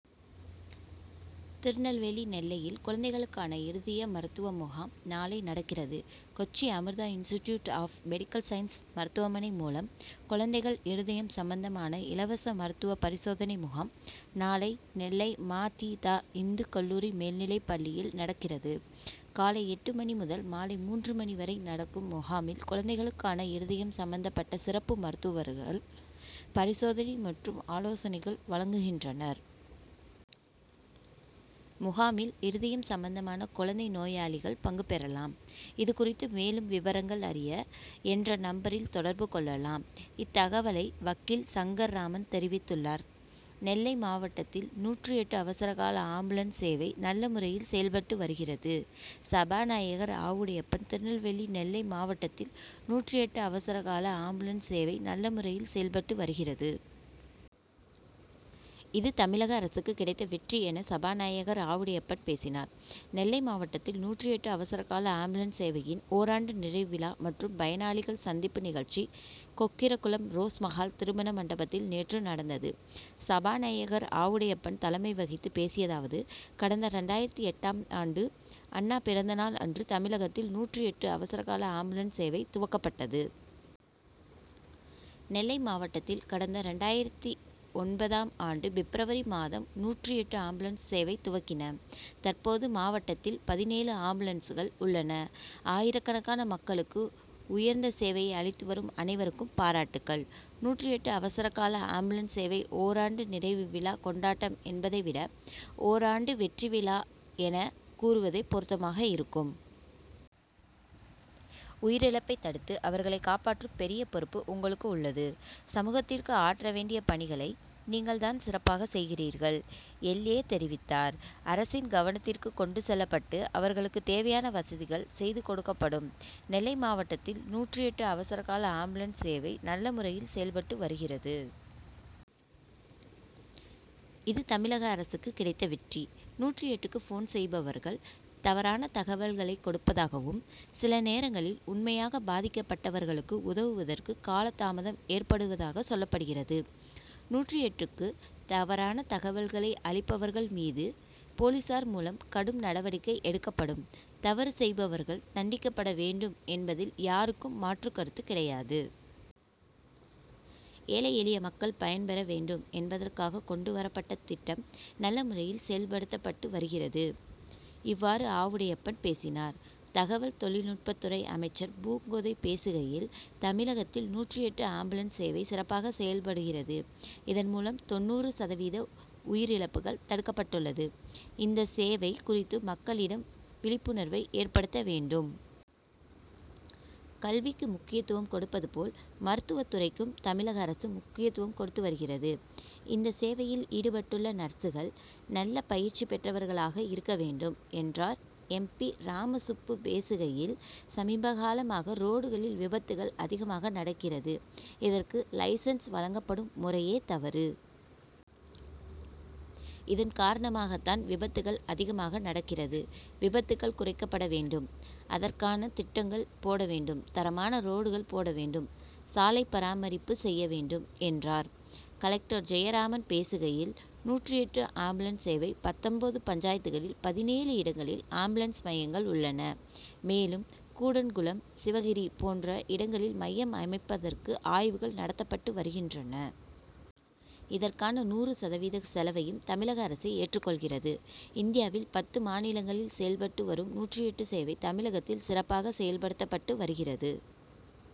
திருநெல்வேலி நெல்லையில் குழந்தைகளுக்கான இருதய மருத்துவ முகாம் நாளை நடக்கிறது. Kochi Amrita institute of medical science மருத்துவமனை மூலம் குழந்தைகள் இருதயம் சம்பந்தமான இலவச மருத்துவ பரிசோதனை முகாம் நாளை நெல்லை ம. தி. தா. இந்துக் கல்லூரி மேல்நிலைப்பள்ளியில் நடக்கிறது. காலை எட்டு மணி முதல் மாலை மூன்று மணி வரை நடக்கும் முகாமில் குழந்தைகளுக்கான இருதயம் சம்பந்தப்பட்ட சிறப்பு மருத்துவர்கள் பரிசோதனை மற்றும் ஆலோசனைகள் வழங்குகின்றனர். முகாமில் இருதயம் சம்பந்தமான குழந்தை நோயாளிகள் பங்கு பெறலாம். இதுகுறித்து மேலும் விபரங்கள் அறிய, என்ற நம்பரில் தொடர்பு கொள்ளலாம். இத்தகவலை வக்கீல் சங்கர்ராமன் தெரிவித்துள்ளார். நெல்லை மாவட்டத்தில் நூற்று எட்டு அவசரகால ஆம்புலன்ஸ் சேவை நல்ல முறையில் செயல்பட்டு வருகிறது சபாநாயகர் ஆவுடையப்பன் திருநெல்வேலி நெல்லை மாவட்டத்தில் நூற்று எட்டு அவசரகால ஆம்புலன்ஸ் சேவை நல்ல முறையில் செயல்பட்டு வருகிறது. இது தமிழக அரசுக்கு கிடைத்த வெற்றி என சபாநாயகர் ஆவுடையப்பன் பேசினார். நெல்லை மாவட்டத்தில் நூற்று எட்டு அவசரகால ஆம்புலன்ஸ் சேவையின் ஓராண்டு நிறைவு விழா மற்றும் பயனாளிகள் சந்திப்பு நிகழ்ச்சி, கொக்கிரகுளம் ரோஸ் மகால் திருமண மண்டபத்தில் நேற்று நடந்தது. சபாநாயகர் ஆவுடையப்பன் தலைமை வகித்து பேசியதாவது: கடந்த இரண்டாயிரத்து எட்டாம் ஆண்டு அண்ணா பிறந்தநாள் அன்று தமிழகத்தில் நூற்று எட்டு அவசரகால ஆம்புலன்ஸ் சேவை துவக்கப்பட்டது. நெல்லை மாவட்டத்தில் கடந்த இரண்டாயிரத்து ஒன்பதாம் ஆண்டு பிப்ரவரி மாதம் நூற்று எட்டு ஆம்புலன்ஸ் சேவை துவக்கின. தற்போது மாவட்டத்தில் பதினேழு ஆம்புலன்ஸ்கள் உள்ளன. ஆயிரக்கணக்கான மக்களுக்கு உயர்ந்த சேவையை அளித்துவரும் அனைவருக்கும் பாராட்டுக்கள். நூற்று எட்டு அவசரகால ஆம்புலன்ஸ் சேவை ஓராண்டு நிறைவு விழா கொண்டாட்டம் என்பதை விட ஓராண்டு வெற்றிவிழா' என கூறுவதே பொருத்தமாக இருக்கும். உயிர் இழப்பை தடுத்து அவர்களை காப்பாற்றும் பெரிய பொறுப்பு உங்களுக்கு உள்ளது. சமூகத்திற்கு ஆற்றவேண்டிய பணிகளை நீங்கள் தான் சிறப்பாக செய்கிறீர்கள். எல். ஏ.,தெரிவித்தார். அரசின் கவனத்திற்கு கொண்டு செல்லப்பட்டு அவர்களுக்கு தேவையான வசதிகள் செய்துகொடுக்கப்படும். நெல்லை மாவட்டத்தில் நூற்று எட்டு அவசரகால ஆம்புலன்ஸ் சேவை நல்லமுறையில் செயல்பட்டு வருகிறது. இது தமிழக அரசுக்கு கிடைத்த வெற்றி. நூற்று எட்டுக்கு போன் செய்பவர்கள் தவறான தகவல்களை கொடுப்பதாகவும், சில நேரங்களில் உண்மையாக பாதிக்கப்பட்டவர்களுக்கு உதவுவதற்கு காலதாமதம் ஏற்படுவதாக சொல்லப்படுகிறது. நூற்று எட்டுக்கு தவறான தகவல்கள் அளிப்பவர்கள் மீது போலீசார் மூலம் கடும் நடவடிக்கை எடுக்கப்படும். தவறு செய்பவர்கள் தண்டிக்கப்படவேண்டும் என்பதில் யாருக்கும் மாற்றுகருத்து கிடையாது. ஏழை, எளிய மக்கள் பயன்பெற வேண்டும் என்பதற்காக கொண்டுவரப்பட்ட திட்டம் நல்ல முறையில் செயல்படுத்தப்பட்டு வருகிறது. இவ்வாறு ஆவுடையப்பன் பேசினார். தகவல் தொழில்நுட்பத்துறை அமைச்சர் பூங்கோதை பேசுகையில், தமிழகத்தில் நூற்று எட்டு ஆம்புலன்ஸ் சேவை சிறப்பாக செயல்படுகிறது. இதன்மூலம் தொண்ணூறு சதவீத உயிர் இழப்புகள் தடுக்கப்பட்டுள்ளது. இந்த சேவை குறித்து மக்களிடம் விழிப்புணர்வை ஏற்படுத்த வேண்டும். கல்விக்கு முக்கியத்துவம் கொடுப்பது போல், மருத்துவ துறைக்கும் தமிழக அரசு முக்கியத்துவம் கொடுத்து வருகிறது. இந்த சேவையில் ஈடுபட்டுள்ள நர்சுகள் நல்ல பயிற்சி பெற்றவர்களாக இருக்க வேண்டும். 'என்றார். எம். பி.,ராமசுப்பு பேசுகையில், சமீபகாலமாக ரோடுகளில் விபத்துகள் அதிகமாக நடக்கிறது. இதற்கு லைசென்ஸ்' வழங்கப்படும் முறையே தவறு. இதன் காரணமாக தான் விபத்துகள் அதிகமாக நடக்கிறது. விபத்துகள் குறைக்கப்படவேண்டும். அதற்கான திட்டங்கள் போடவேண்டும். தரமான ரோடுகள் போடவேண்டும். சாலைபராமரிப்பு செய்யவேண்டும். 'என்றார். கலெக்டர் ஜெயராமன் பேசுகையில், நூற்று எட்டு ஆம்புலன்ஸ் சேவை பத்தொன்பது பஞ்சாயத்துகளில் பதினேழு இடங்களில் ஆம்புலன்ஸ் மையங்கள் உள்ளன. மேலும் கூடன்குளம், சிவகிரி போன்ற இடங்களில் மையம் அமைப்பதற்கு ஆய்வுகள் நடத்தப்பட்டு வருகின்றன. இதற்கான நூறு சதவீத செலவையும் தமிழக அரசே ஏற்றுக்கொள்கிறது. இந்தியாவில் பத்து மாநிலங்களில் செயல்பட்டு வரும் நூற்று எட்டு சேவை தமிழகத்தில் சிறப்பாக செயல்படுத்தப்பட்டு வருகிறது.